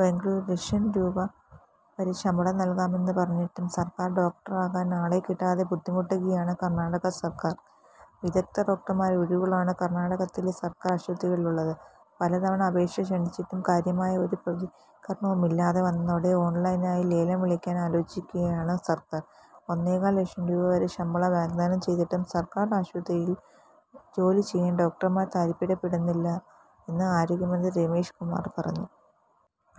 ബെംഗളൂരു: ലക്ഷം രൂപ വരെ ശമ്പളം നല്കാമെന്ന് പറഞ്ഞിട്ടും സര്ക്കാര് ഡോക്ടറാകാന് ആളെ കിട്ടാതെ ബുദ്ധിമുട്ടുകയാണ് കര്ണാടക സര്ക്കാര്. വിദഗ്ധ ഡോക്ടര്മാരുടെ ഒഴിവുകളാണ് കര്ണാടകത്തിലെ സര്ക്കാര് ആശുപത്രികളിലുള്ളത്. പലതവണ അപേക്ഷ ക്ഷണിച്ചിട്ടും കാര്യമായ ഒരു പ്രതികരണവുമില്ലാതെ വന്നതോടെ ഓണ്ലൈനായി ലേലം വിളിക്കാന് ആലോചിക്കുകയാണ് സര്ക്കാര്. ഒന്നേകാല് ലക്ഷം രൂപ വരെ ശമ്പളം വാഗ്ദാനം ചെയ്തിട്ടും സര്ക്കാര് ആശുപത്രിയില് ജോലി ചെയ്യാന് ഡോക്ടര്മാര് താത്പര്യപ്പെടുന്നില്ലെന്ന് ആരോഗ്യമന്ത്രി രമേശ് കുമാര് പറഞ്ഞു.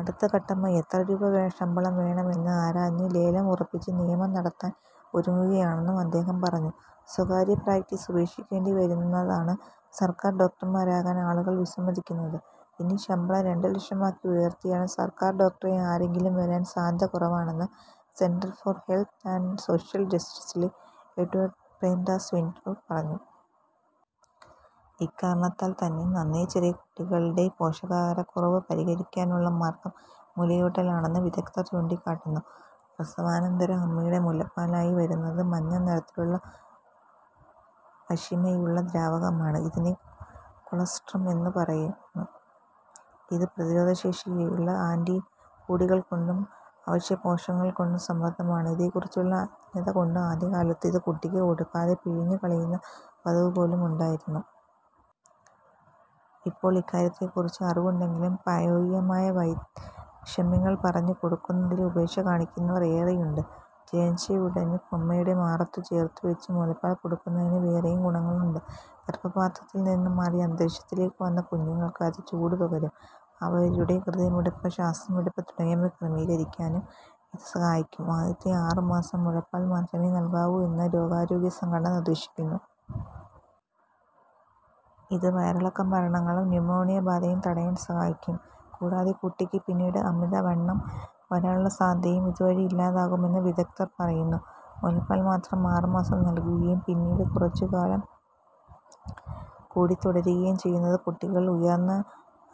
അടുത്ത ഘട്ടമായി എത്ര രൂപ ശമ്പളം വേണം എന്ന് ആരാഞ്ഞ് ലേലം ഉറപ്പിച്ച് നിയമനം നടത്താന് ഒരുങ്ങുകയാണെന്നും അദ്ദേഹം പറഞ്ഞു. സ്വകാര്യ പ്രാക്ടീസ് ഉപേക്ഷിക്കേണ്ടി വരുന്നതാണ് സര്ക്കാര് ഡോക്ടര്മാരാകാന് ആളുകള് വിസമ്മതിക്കുന്നത്. ഇനി ശമ്പളം രണ്ട് ലക്ഷം ആക്കി ഉയര്ത്തിയാലും സര്ക്കാര് ഡോക്ടറായി ആരെങ്കിലും വരാന് സാധ്യത കുറവാണെന്ന് Centre for Health and Social ജസ്റ്റിസിലെ എഡ്വാര്ഡ് പ്രേംദാസ് പിന്റോ പറയുന്നു. ഇക്കാരണത്താല്ത്തന്നെ നന്നേ ചെറിയ കുട്ടികളിലെ പോഷകാഹാരക്കുറവ് പരിഹരിക്കാനുള്ള മാര്ഗം മുലയൂട്ടലാണെന്ന് വിദഗ്ധര് ചൂണ്ടിക്കാട്ടുന്നു. പ്രസവാനന്തരം അമ്മയുടെ മുലപ്പാലായി വരുന്നത് മഞ്ഞനിറത്തിലുള്ള പശിമയുള്ള ദ്രാവകമാണ്. ഇതിനെ കൊളസ്ട്രം എന്നുപറയുന്നു. ഇത് രോഗപ്രതിരോധ ശേഷിയുള്ള ആന്റിബോഡികള്കൊണ്ടും അവശ്യപോഷകങ്ങള്കൊണ്ടും സമൃദ്ധമാണ്. ഇതേക്കുറിച്ചുള്ള അജ്ഞതകൊണ്ട് ആദ്യകാലത്ത് ഇത് കുട്ടിക്ക് കൊടുക്കാതെ പിഴിഞ്ഞ് കളയുന്ന പതിവുപോലും ഉണ്ടായിരുന്നു. ഇപ്പോള് ഇക്കാര്യത്തെക്കുറിച്ച് അറിവുണ്ടെങ്കിലും പ്രായോഗികമായ വൈഷമ്യങ്ങള്പറഞ്ഞ് കൊടുക്കുന്നതില് ഉപേക്ഷ കാണിക്കുന്നവര് ഏറെയുണ്ട്. ജനിച്ചയുടന് അമ്മയുടെ മാറത്തുചേര്ത്തുവെച്ച് മുലപ്പാല് കൊടുക്കുന്നതിന് വേറെയും ഗുണങ്ങളുണ്ട്. ഗര്ഭപാത്രത്തില്നിന്ന് മാറിയ അന്തരീക്ഷത്തിലേക്ക് വന്ന കുഞ്ഞുങ്ങള്ക്ക് അത് ചൂടുപകരും. അവരുടെ ഹൃദയമിടിപ്പ്, ശ്വാസമെടുപ്പ് തുടങ്ങിയവ ക്രമീകരിക്കാനും ഇത് സഹായിക്കും. ആദ്യത്തെ ആറുമാസം മുലപ്പാല്മാത്രമേ നല്കാവൂയെന്ന് ലോകാരോഗ്യസംഘടന നിര്ദേശിക്കുന്നു. ഇത് വയറിളക്കമരണങ്ങളും ന്യൂമോണിയബാധയും തടയാന് സഹായിക്കും. കൂടാതെ, കുട്ടിക്ക് പിന്നീട് അമിതവണ്ണം വരാനുള്ള സാധ്യതയും ഇതുവഴി ഇല്ലാതാകുമെന്ന് വിദഗ്ധര് പറയുന്നു. മുലപ്പാല്മാത്രം ആറുമാസം നല്കുകയും പിന്നീട് കുറച്ചുകാലംകൂടി തുടരുകയും ചെയ്യുന്നത് കുട്ടികള്ക്ക് ഉയര്ന്ന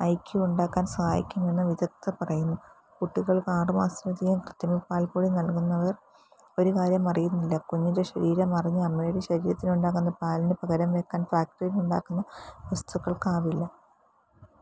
ഐ. ക്യൂ. ഉണ്ടാകാന് സഹായിക്കുമെന്നും വിദഗ്ധര് പറയുന്നു. കുട്ടികള്ക്ക് അറുമാസത്തിനകം കൃത്രമപാല്പ്പൊടി നല്കുന്നവര് ഒരുകാര്യം അറിയുന്നില്ല, കുഞ്ഞിന്റെ ശരീരം അറിഞ്ഞ് അമ്മയുടെ ശരീരത്തിലുണ്ടാകുന്ന പാലിന് പകരംവെയ്ക്കാന് ഫാക്ടറിയിലുണ്ടാക്കുന്ന വസ്തുക്കള്ക്കാവില്ല.